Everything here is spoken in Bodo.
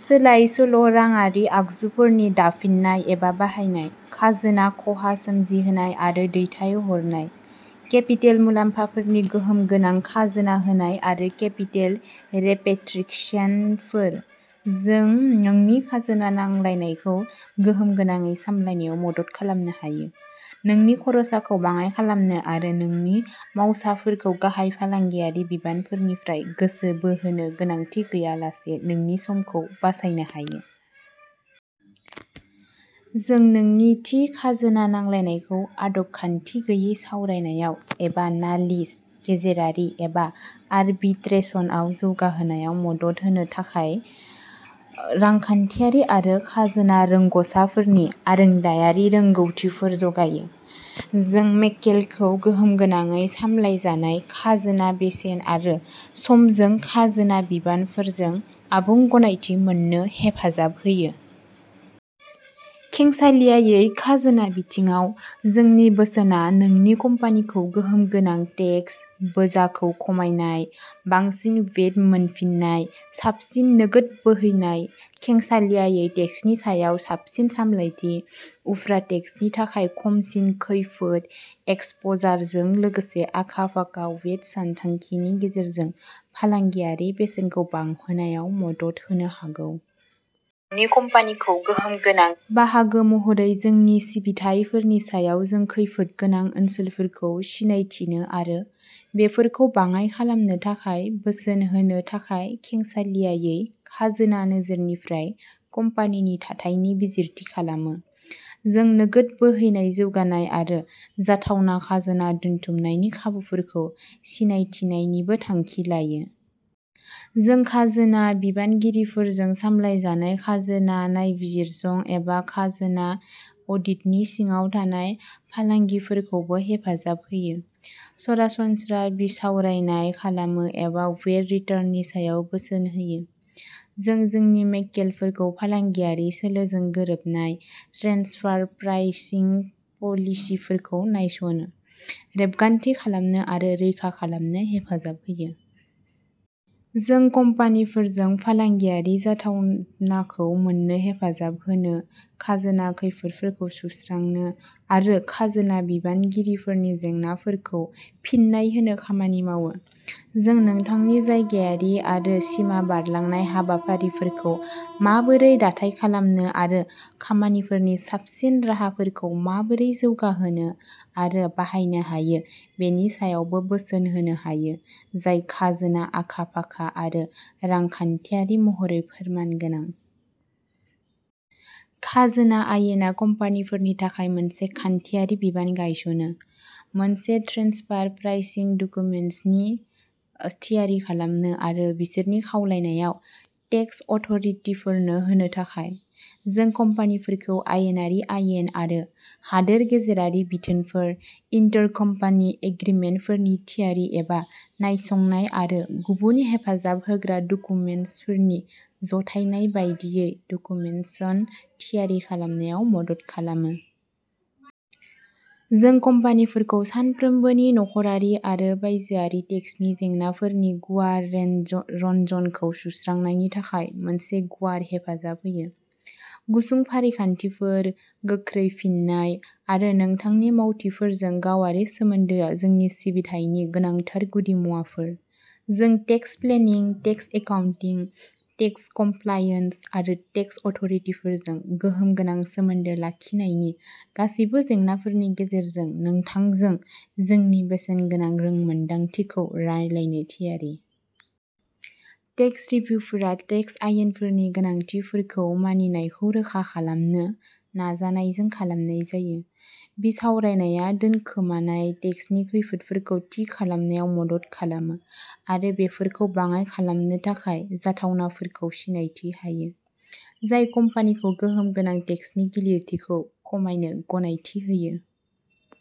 सोलाय-सोल' राङारि आगजुफोरनि दाफिननाय एबा बाहायनाय, खाजोना खहा सोमजिहोनाय आरो दैथायहरहोनाय, केपिटेल मुलाम्फाफोरनि गोहोमगोनां खाजोना होनाय आरो केपिटेल रिपेट्रिकेशनफोर। जों नोंनि खाजोना नांलायनायखौ गोहोमगोनाङै सामलायनायाव मदद खालामनो हायो, नोंनि खरसाखौ बाङाइ खालामनो आरो नोंनि मावसाफोरखौ गाहाय फालांगियारि बिबानफोरनिफ्राय गोसो बोहोनो गोनांथि गैयालासे नोंनि समखौ बासायनो हायो। जों नोंनि थि खाजोना नांलायनायखौ आदब-खान्थि गैयै सावरायनायाव एबा नालिस, गेजेरारि एबा आरबिट्रेसनआव जौगाहोनायाव मदद होनो थाखाय रांखान्थियारि आरो खाजोना रोंग'साफोरनि आरोंदायारि रोंग'थिफोर जगायो। जों मक्केलखौ गोहोमगोनाङै सामलायजानाय खाजोना बेसेन आरो समजों खाजोना बिबानफोरजों आबुं गनायथि मोन्नो हेफाजाब होयो। खेंसालियायै खाजोना बिथिङाव जोंनि बोसोनआ नोंनि कम्पानिखौ गोहोमगोनां टेक्स बोजाखौ खमायनाय, बांसिन वेट मोनफिन्नाय, साबसिन नोगोद बोहैनाय, खेंसालियायै टेक्सनि सायाव साबसिन सामलायथि, उफ्रा टेक्सनि थाखाय खमसिन खैफोद एक्सप'जारजों लोगोसे आखा-फाखा वेट सानथांखिनि गेजेरजों फालांगियारि बेसेनखौ बांहोनायाव मदद होनो हागौ। बाहागो महरै जोंनि सिबिथायफोरनि सायाव जों खैफोदगोनां ओनसोलफोरखौ सिनायथिनो आरो बेफोरखौ बाङाइ खालामनो थाखाय बोसोन होनो थाखाय खेंसालियायै खाजोना नोजोरनिफ्राय कम्पानिनि थाथायनि बिजिरथि खालामो। जों नोगोद बोहैनाय जौगानाय आरो जाथावना खाजोना दोनथुमनायनि खाबुफोरखौ सिनायथिनायनिबो थांखि लायो। जों खाजोना बिबानगिरिफोरजों सामलायजानाय खाजोना नायबिजिरसं एबा खाजोना अडिटनि सिङाव थानाय फालांगिफोरखौबो हेफाजाब होयो, सरासनस्रा बिसावरायनाय खालामो एबा वेट रिटार्ननि सायाव बोसोन होयो। जों जोंनि मक्केलफोरखौ फालांगियारि सोलोजों गोरोबनाय ट्रेन्सफार प्राइसिं पलिसिफोरखौ नायसंनो, रेबगान्थि खालामनो आरो रैखा खालामनो हेफाजाब होयो। जों कम्पानिफोरजों फालांगियारि जाथावनाखौ मोन्नो हेफाजाब होनो, खाजोना खैफोदफोरखौ सुस्रांनो आरो खाजोना बिबानगिरिफोरनि जेंनाफोरखौ फिन्नाय होनो खामानि मावो। जों नोंथांनि जायगायारि आरो सिमा बारलांनाय हाबाफारिफोरखौ माबोरै दाथाय खालामनो आरो खामानिफोरनि साबसिन राहाफोरखौ माबोरै जौगाहोनो आरो बाहायनो हायो बेनि सायावबो बोसोन होनो हायो जाय खाजोना आखा-फाखा आरो रांखान्थियारि महरै फोरमान गोनां। खाजोना आयेनआ कम्पानिफोरनि थाखाय मोनसे खान्थियारि बिबान गायसनो। मोनसे ट्रेन्सफार प्राइसिं डकुमेन्टेसन थियारि खालामनो आरो बिसोरनि खावलायनायाव टेक्स अथ'रिटिफोरनो होनो थाखाय। जों कम्पानिफोरखौ आयेनारि आयेन आरो हादोर गेजेरारि बिथोनफोर, इन्टर-कम्पानि एग्रीमेन्टफोरनि थियारि एबा नायसंनाय आरो गुबुन हेफाजाब होग्रा डकुमेन्टेसनफोरनि जथायनाय बायदियै डकुमेन्टेसन थियारि खालामनायाव मदद खालामो। जों कम्पानिफोरखौ सानफ्रोमबोनि नखरारि आरो बायजोआरि टेक्सनि जेंनाफोरनि गुवार रेन्ज रजनखौ सुस्रांनायनि थाखाय मोनसे गुवार हेफाजाब होयो। गुसुं फारिखान्थिफोर, गोख्रै फिननाय आरो नोंथांनि मावथिफोरजों गावारि सोमोन्दोआ जोंनि सिबिथायनि गोनांथार गुदिमुवाफोर। जों tax planning, tax accounting, tax compliance आरो टेक्स अथ'रिटिफोरजों गोहोम गोनां सोमोन्दो लाखिनायनि गासैबो जेंनाफोरनि गेजेरजों नोंथांजों जोंनि बेसेनगोनां रोंमोनदांथिखौ रानलायनो थियारि। टेक्स रिभ्युफोरा टेक्स आयेनफोरनि गोनांथिफोरखौ मानिनायखौ रोखा खालामनो नाजानायजों खालामनाय जायो। बिसावरायनाया दोनखोमानाय टेक्सनि खैफोदफोरखौ थि खालामनायाव मदद खालामो आरो बेफोरखौ बाङाइ खालामनो थाखाय जाथावनाफोरखौ सिनायथिनो हायो, जाय कम्पानिखौ गोहोम गोनां टेक्सनि गिलिरथिखौ खमायनो गनायथि होयो।